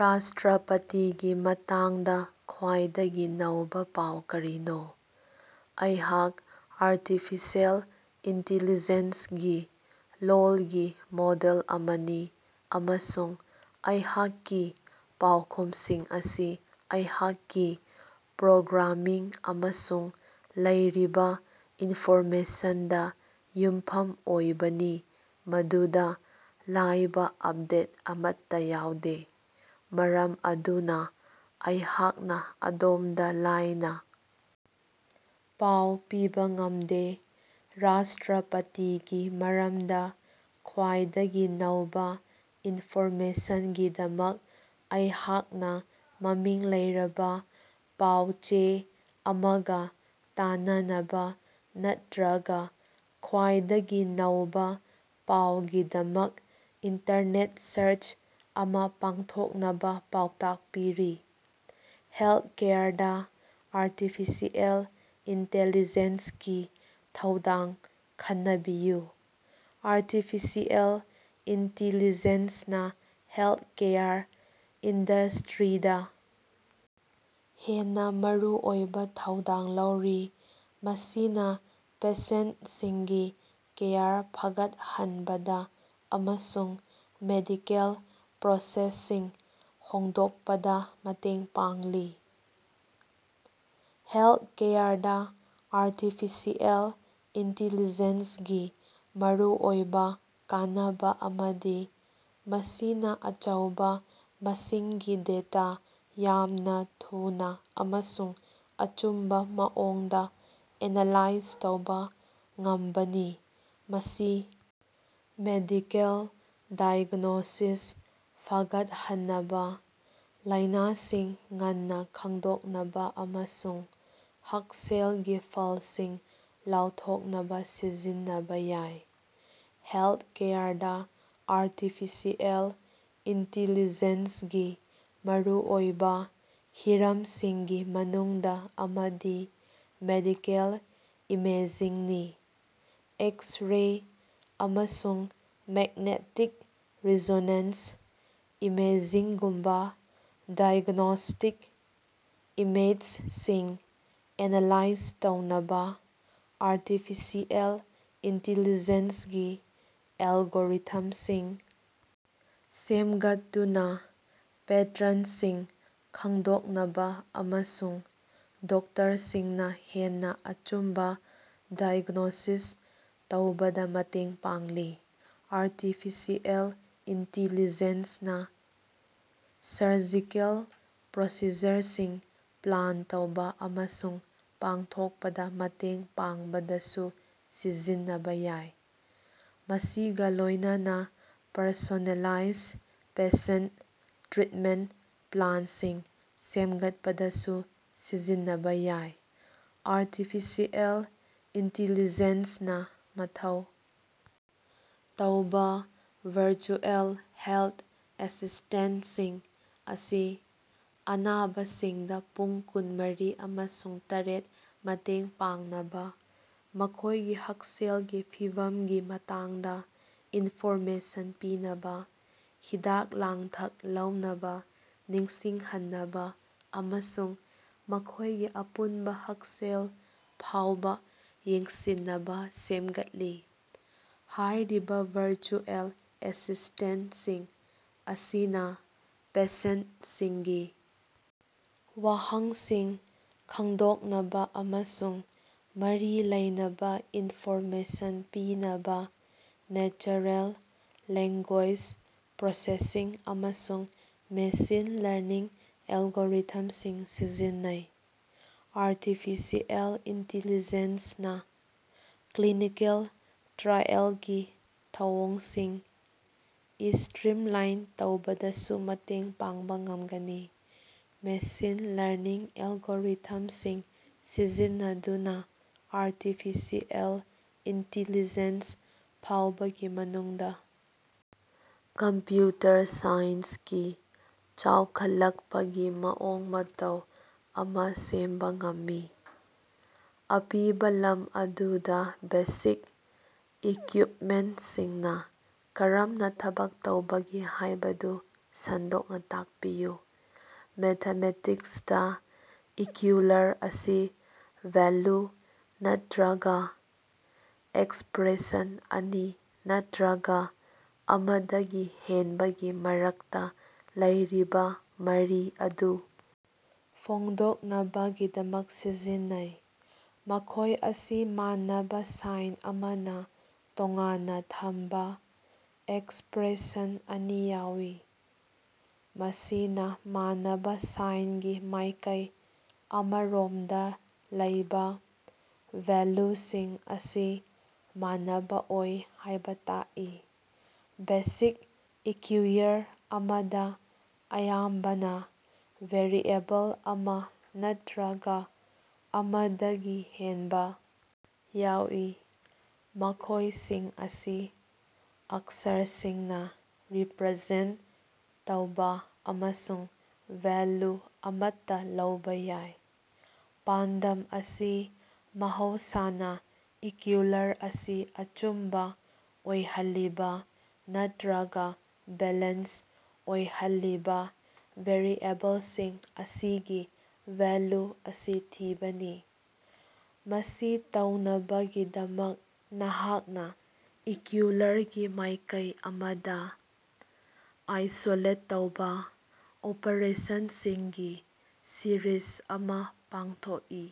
ꯔꯥꯁꯇ꯭ꯔꯄꯇꯤꯒꯤ ꯃꯇꯥꯡꯗꯥ ꯈ꯭ꯋꯥꯏꯗꯒꯤ ꯅꯧꯕꯥ ꯄꯥꯎ ꯀꯔꯤꯅꯣ? ꯑꯩꯍꯥꯛ ꯑꯔꯇꯤꯐꯤꯁꯦꯜ ꯏꯟꯇꯤꯂꯤꯖꯦꯟꯁꯒꯤ ꯂꯣꯜꯒꯤ ꯃꯣꯗꯦꯜ ꯑꯃꯅꯤ ꯑꯃꯁꯨꯡ ꯑꯩꯍꯥꯛꯀꯤ ꯄꯥꯎꯈꯨꯝꯁꯤꯡ ꯑꯁꯤ ꯑꯩꯍꯥꯛꯀꯤ ꯄ꯭ꯔꯣꯒ꯭ꯔꯥꯃꯤꯡ ꯑꯃꯁꯨꯡ ꯂꯩꯔꯤꯕꯥ ꯏꯟꯐꯣꯔꯃꯦꯁꯟꯗꯥ ꯌꯨꯝꯐꯝ ꯑꯣꯏꯕꯅꯤ ꯃꯗꯨꯗꯥ ꯂꯥꯏꯕ ꯑꯞꯗꯦꯠ ꯑꯃꯠꯇꯥ ꯌꯥꯎꯗꯦ꯫ ꯃꯔꯝ ꯑꯗꯨꯅꯥ ꯑꯩꯍꯥꯛꯅꯥ ꯑꯗꯣꯝꯗꯥ ꯂꯥꯏꯅ ꯄꯥꯎ ꯄꯤꯕꯥ ꯉꯝꯗꯦ, ꯔꯥꯁꯇ꯭ꯔꯄꯇꯤꯒꯤ ꯃꯔꯝꯗꯥ ꯈ꯭ꯋꯥꯏꯗꯒꯤ ꯅꯧꯕꯥ ꯏꯟꯐꯣꯔꯃꯦꯁꯟꯒꯤꯗꯃꯛ ꯑꯩꯍꯥꯛꯅꯥ ꯃꯃꯤꯡ ꯂꯩꯔꯕꯥ ꯄꯥꯎ-ꯆꯦ ꯑꯃꯒꯥ ꯇꯥꯟꯅꯅꯕꯥ ꯅꯠꯇ꯭ꯔꯒꯥ ꯈ꯭ꯋꯥꯏꯗꯒꯤ ꯅꯧꯕꯥ ꯄꯥꯎꯒꯤꯗꯃꯛ ꯏꯟꯇꯔꯅꯦꯠ ꯁꯥꯔꯆ ꯑꯃꯥ ꯄꯥꯡꯊꯣꯛꯅꯕꯥ ꯄꯥꯎꯇꯥꯛ ꯄꯤꯔꯤ꯫ ꯍꯦꯜꯊꯀꯦꯌꯔꯗꯥ ꯑꯥꯔꯇꯤꯐꯤꯁꯤꯑꯦꯜ ꯏꯟꯇꯦꯂꯤꯖꯦꯟꯁꯀꯤ ꯊꯧꯗꯥꯡ ꯈꯟꯅꯕꯤꯌꯨ꯫ ꯑꯥꯔꯇꯤꯐꯤꯁꯤꯑꯦꯜ ꯏꯟꯇꯤꯂꯤꯖꯦꯟꯁꯅꯥ ꯍꯦꯜꯊꯀꯦꯌꯔ ꯏꯟꯗꯁꯇ꯭ꯔꯤꯗꯥ ꯍꯦꯟꯅꯥ ꯃꯔꯨꯑꯣꯏꯕꯥ ꯊꯧꯗꯥꯡ ꯂꯧꯔꯤ, ꯃꯁꯤꯅꯥ ꯄꯦꯁꯦꯟꯇꯁꯤꯡꯒꯤ ꯀꯦꯌꯔ ꯐꯒꯠꯍꯟꯕꯗꯥ ꯑꯃꯁꯨꯡ ꯃꯦꯗꯤꯀꯦꯜ ꯄ꯭ꯔꯣꯁꯦꯁꯁꯤꯡ ꯍꯣꯡꯗꯣꯛꯄꯗꯥ ꯃꯇꯦꯡ ꯄꯥꯡꯂꯤ꯫ ꯍꯦꯜꯊꯀꯦꯌꯔꯗꯥ ꯑꯥꯔꯇꯤꯐꯤꯁꯤꯑꯦꯜ ꯏꯟꯇꯤꯂꯤꯖꯦꯟꯁꯒꯤ ꯃꯔꯨꯑꯣꯏꯕꯥ ꯀꯥꯟꯅꯕꯥ ꯑꯃꯗꯤ ꯃꯁꯤꯅꯥ ꯑꯆꯧꯕꯥ ꯃꯁꯤꯡꯒꯤ ꯗꯦꯇꯥ ꯌꯥꯝꯅꯥ ꯊꯨꯅꯥ ꯑꯃꯁꯨꯡ ꯑꯆꯨꯝꯕꯥ ꯃꯑꯣꯡꯗꯥ ꯑꯦꯅꯥꯂꯥꯏꯖ ꯇꯧꯕꯥ ꯉꯝꯕꯅꯤ꯫ ꯃꯁꯤ ꯃꯦꯗꯤꯀꯦꯜ ꯗꯥꯏꯒ꯭ꯅꯣꯁꯤꯁ ꯐꯒꯠꯍꯟꯅꯕꯥ, ꯂꯥꯏꯅꯥꯁꯤꯡ ꯉꯟꯅꯥ ꯈꯪꯗꯣꯛꯅꯕꯥ ꯑꯃꯁꯨꯡ ꯍꯛꯁꯦꯜꯒꯤ ꯐꯜꯁꯤꯡ ꯂꯥꯎꯊꯣꯛꯅꯕꯥ ꯁꯤꯖꯤꯟꯅꯕꯥ ꯌꯥꯏ꯫ ꯍꯦꯜꯊꯀꯦꯌꯔꯗꯥ ꯑꯥꯔꯇꯤꯐꯤꯁꯤꯑꯦꯜ ꯏꯟꯇꯤꯂꯤꯖꯦꯟꯁꯒꯤ ꯃꯔꯨꯑꯣꯏꯕꯥ ꯍꯤꯔꯝꯁꯤꯡꯒꯤ ꯃꯅꯨꯡꯗꯥ ꯑꯃꯗꯤ ꯃꯦꯗꯤꯀꯦꯜ ꯏꯃꯦꯖꯤꯡꯅꯤ꯫ ꯑꯦꯛꯁ-ꯔꯦ ꯑꯃꯁꯨꯡ ꯃꯦꯛꯅꯦꯠꯇꯤꯛ ꯔꯤꯖꯣꯅꯦꯟꯁ ꯏꯃꯦꯖꯤꯡꯒꯨꯝꯕꯥ ꯗꯥꯏꯒ꯭ꯅꯣꯁꯇꯤꯛ ꯏꯃꯦꯖꯁꯤꯡ ꯑꯦꯅꯥꯂꯥꯏꯖ ꯇꯧꯅꯕꯥ ꯑꯥꯔꯇꯤꯐꯤꯁꯤꯑꯦꯜ ꯏꯟꯇꯤꯂꯤꯖꯦꯟꯁꯒꯤ ꯑꯦꯜꯒꯣꯔꯤꯊꯝꯁꯤꯡ ꯁꯦꯝꯒꯠꯇꯨꯅꯥ ꯄꯦꯇ꯭ꯔꯟꯁꯤꯡ ꯈꯪꯗꯣꯛꯅꯕꯥ ꯑꯃꯁꯨꯡ ꯗꯣꯛꯇꯔꯁꯤꯡꯅꯥ ꯍꯦꯟꯅꯥ ꯑꯆꯨꯝꯕꯥ ꯗꯥꯏꯒ꯭ꯅꯣꯁꯤꯁ ꯇꯧꯕꯗꯥ ꯃꯇꯦꯡ ꯄꯥꯡꯂꯤ꯫ꯑꯥꯔꯇꯤꯐꯤꯁꯤꯑꯦꯜ ꯏꯟꯇꯤꯂꯤꯖꯦꯟꯁꯅꯥ ꯁꯔꯖꯤꯀꯦꯜ ꯄ꯭ꯔꯣꯁꯤꯖꯔꯁꯤꯡ ꯄ꯭ꯂꯥꯟ ꯇꯧꯕꯥ ꯑꯃꯁꯨꯡ ꯄꯥꯡꯊꯣꯛꯄꯗꯥ ꯃꯇꯦꯡ ꯄꯥꯡꯕꯗꯁꯨ ꯁꯤꯖꯤꯟꯅꯕꯥ ꯌꯥꯏ, ꯃꯁꯤꯒꯥ ꯂꯣꯏꯅꯅꯥ ꯄꯔꯁꯣꯅꯦꯂꯥꯏꯖ ꯄꯦꯁꯦꯟꯇ ꯇ꯭ꯔꯤꯠꯃꯦꯟꯇ ꯄ꯭ꯂꯥꯟꯁꯤꯡ ꯁꯦꯝꯒꯠꯄꯗꯁꯨ ꯁꯤꯖꯤꯟꯅꯕꯥ ꯌꯥꯏ꯫ꯑꯥꯔꯇꯤꯐꯤꯁꯤꯑꯦꯜ ꯏꯟꯇꯤꯂꯤꯖꯦꯟꯁꯅꯥ ꯃꯊꯧ ꯇꯧꯕꯥ ꯚꯔꯆꯨꯑꯦꯜ ꯍꯦꯜꯊ ꯑꯦꯁꯤꯁꯇꯦꯟꯇꯁꯤꯡ ꯑꯁꯤ ꯑꯅꯥꯕꯁꯤꯡꯗꯥ ꯄꯨꯡ ꯀꯨꯟꯃꯔꯤ ꯑꯃꯁꯨꯡ ꯇꯔꯦꯠ ꯃꯇꯦꯡ ꯄꯤꯅꯕꯥ, ꯃꯈꯣꯏꯒꯤ ꯍꯛꯁꯦꯜꯒꯤ ꯐꯤꯚꯝꯒꯤ ꯃꯇꯥꯡꯗꯥ ꯏꯟꯐꯣꯔꯃꯦꯁꯟ ꯄꯤꯅꯕꯥ, ꯍꯤꯗꯥꯛ-ꯂꯥꯡꯊꯛ ꯂꯧꯅꯕꯥ ꯅꯤꯡꯁꯤꯡꯍꯟꯅꯕꯥ, ꯑꯃꯁꯨꯡ ꯃꯈꯣꯏꯒꯤ ꯑꯄꯨꯟꯕꯥ ꯍꯛꯁꯦꯜ ꯐꯥꯎꯕꯥ ꯌꯦꯡꯁꯤꯟꯅꯕꯥ ꯁꯦꯃꯒꯠꯂꯤ꯫ ꯍꯥꯏꯔꯤꯕꯥ ꯚꯔꯆꯨꯑꯦꯜ ꯑꯦꯁꯤꯁꯇꯦꯟꯇꯁꯤꯡ ꯑꯁꯤꯅꯥ ꯄꯦꯁꯦꯟꯇꯁꯤꯡꯒꯤ ꯋꯥꯍꯪꯁꯤꯡ ꯈꯪꯗꯣꯛꯅꯕꯥ ꯑꯃꯁꯨꯡ ꯃꯔꯤ ꯂꯩꯅꯕꯥ ꯏꯟꯐꯣꯔꯃꯦꯁꯟ ꯄꯤꯅꯕꯥ ꯅꯦꯆꯔꯦꯜ ꯂꯦꯡꯒꯣꯏꯖ ꯄ꯭ꯔꯣꯁꯦꯁꯤꯡ ꯑꯃꯁꯨꯡ ꯃꯦꯁꯤꯟ ꯂꯔꯅꯤꯡ ꯑꯦꯜꯒꯣꯔꯤꯊꯝꯁꯤꯡ ꯁꯤꯖꯤꯟꯅꯩ꯫ ꯑꯥꯔꯇꯤꯐꯤꯁꯤꯑꯦꯜ ꯏꯟꯇꯤꯂꯤꯖꯦꯟꯁꯅꯥ ꯀ꯭ꯂꯤꯅꯤꯀꯦꯜ ꯇ꯭ꯔꯥꯏꯑꯦꯜꯒꯤ ꯊꯧꯑꯣꯡꯁꯤꯡ ꯏꯁꯇ꯭ꯔꯤꯝꯂꯥꯏꯟ ꯇꯧꯕꯗꯁꯨ ꯃꯇꯦꯡ ꯄꯥꯡꯕꯥ ꯉꯝꯒꯅꯤ꯫ ꯃꯦꯁꯤꯟ ꯂꯔꯅꯤꯡ ꯑꯦꯜꯒꯣꯔꯤꯊꯝꯁꯤꯡ ꯁꯤꯖꯤꯟꯅꯗꯨꯅꯥ ꯑꯥꯔꯇꯤꯐꯤꯁꯤꯑꯦꯜ ꯏꯟꯇꯤꯂꯤꯖꯦꯟꯁ ꯐꯥꯎꯕꯒꯤ ꯃꯅꯨꯡꯗꯥ ꯀꯝꯄ꯭ꯌꯨꯇꯔ ꯁꯥꯏꯟꯁꯀꯤ ꯆꯥꯎꯈꯠꯂꯛꯄꯒꯤ ꯃꯑꯣꯡ ꯃꯇꯧ ꯑꯃꯥ ꯁꯦꯝꯕ ꯉꯝꯃꯤ꯫ ꯑꯄꯤꯕꯥ ꯂꯝ ꯑꯗꯨꯗꯥ ꯕꯦꯁꯤꯛ ꯏꯀ꯭ꯌꯨꯏꯞꯃꯦꯟꯇꯁꯤꯡꯅꯥ ꯀꯔꯝꯅꯥ ꯊꯕꯛ ꯇꯧꯕꯒꯦ ꯍꯥꯏꯕꯗꯨ ꯁꯟꯗꯣꯛꯅꯥ ꯇꯥꯛꯄꯤꯌꯨ꯫ ꯃꯦꯊꯃꯦꯇꯤꯛꯁꯇꯥ ꯏꯀ꯭ꯌꯨꯏꯂꯔ ꯑꯁꯤ ꯚꯦꯜꯂꯨ ꯅꯠꯇ꯭ꯔꯒꯥ ꯑꯦꯛꯁꯄ꯭ꯔꯦꯁꯟ ꯑꯅꯤ ꯅꯠꯇ꯭ꯔꯒꯥ ꯑꯃꯗꯒꯤ ꯍꯦꯟꯕꯒꯤ ꯃꯔꯛꯇꯥ ꯂꯩꯔꯤꯕꯥ ꯃꯔꯤ ꯑꯗꯨ ꯐꯣꯡꯗꯣꯛꯅꯕꯒꯤꯗꯃꯛ ꯁꯤꯖꯤꯟꯅꯩ꯫ ꯃꯈꯣꯏ ꯑꯁꯤ ꯃꯥꯟꯅꯕꯥ ꯁꯥꯏꯟ ꯑꯃꯅꯥ ꯇꯣꯉꯥꯟꯅꯥ ꯊꯝꯕꯥ ꯑꯦꯛꯁꯄ꯭ꯔꯦꯁꯟ ꯑꯅꯤ ꯌꯥꯎꯏ, ꯃꯁꯤꯅꯥ ꯃꯥꯟꯅꯕꯥ ꯁꯥꯏꯟꯒꯤ ꯃꯥꯏꯀꯩ ꯑꯃꯔꯣꯝꯗꯥ ꯂꯩꯕꯥ ꯚꯦꯜꯂꯨꯁꯤꯡ ꯑꯁꯤ ꯃꯥꯟꯅꯕꯥ ꯑꯣꯏ ꯍꯥꯏꯕꯥ ꯇꯥꯛꯏ꯫ ꯕꯦꯁꯤꯛ ꯏꯀ꯭ꯌꯨꯏꯌꯔ ꯑꯃꯗꯥ ꯑꯌꯥꯝꯕꯅꯥ ꯚꯦꯔꯤꯑꯦꯕꯜ ꯑꯃꯥ ꯅꯠꯇ꯭ꯔꯒꯥ ꯑꯃꯗꯒꯤ ꯍꯦꯟꯕꯥ ꯌꯥꯎꯏ, ꯃꯈꯣꯏꯁꯤꯡ ꯑꯁꯤ ꯑꯛꯁꯔꯁꯤꯡꯅꯥ ꯔꯤꯄ꯭ꯔꯖꯦꯟꯇ ꯇꯧꯏ ꯑꯃꯁꯨꯡ ꯚꯦꯜꯂꯨ ꯑꯃꯠꯇꯥ ꯂꯧꯕꯥ ꯌꯥꯏ꯫ ꯄꯥꯟꯗꯝ ꯑꯁꯤ ꯃꯍꯧꯁꯥꯅꯥ ꯏꯀ꯭ꯌꯨꯏꯂꯔ ꯑꯁꯤ ꯑꯆꯨꯝꯕꯥ ꯑꯣꯏꯍꯜꯂꯤꯕꯥ, ꯅꯠꯇ꯭ꯔꯒꯥ ꯕꯦꯂꯦꯟꯁ ꯑꯣꯏꯍꯜꯂꯤꯕꯥ ꯚꯦꯔꯤꯑꯦꯕꯜꯁꯤꯡ ꯑꯁꯤꯒꯤ ꯚꯦꯜꯂꯨ ꯑꯁꯤ ꯊꯤꯕꯅꯤ꯫ ꯃꯁꯤ ꯇꯧꯅꯕꯒꯤꯗꯃꯛ, ꯅꯍꯥꯛꯅꯥ ꯏꯀ꯭ꯌꯨꯏꯂꯔꯒꯤ ꯃꯥꯏꯀꯩ ꯑꯃꯗꯥ ꯑꯥꯏꯁꯣꯂꯦꯠ ꯇꯧꯕꯥ ꯑꯣꯄꯥꯔꯦꯁꯟꯁꯤꯡꯒꯤ ꯁꯤꯔꯤꯖ ꯑꯃꯥ ꯄꯥꯡꯊꯣꯛꯏ꯫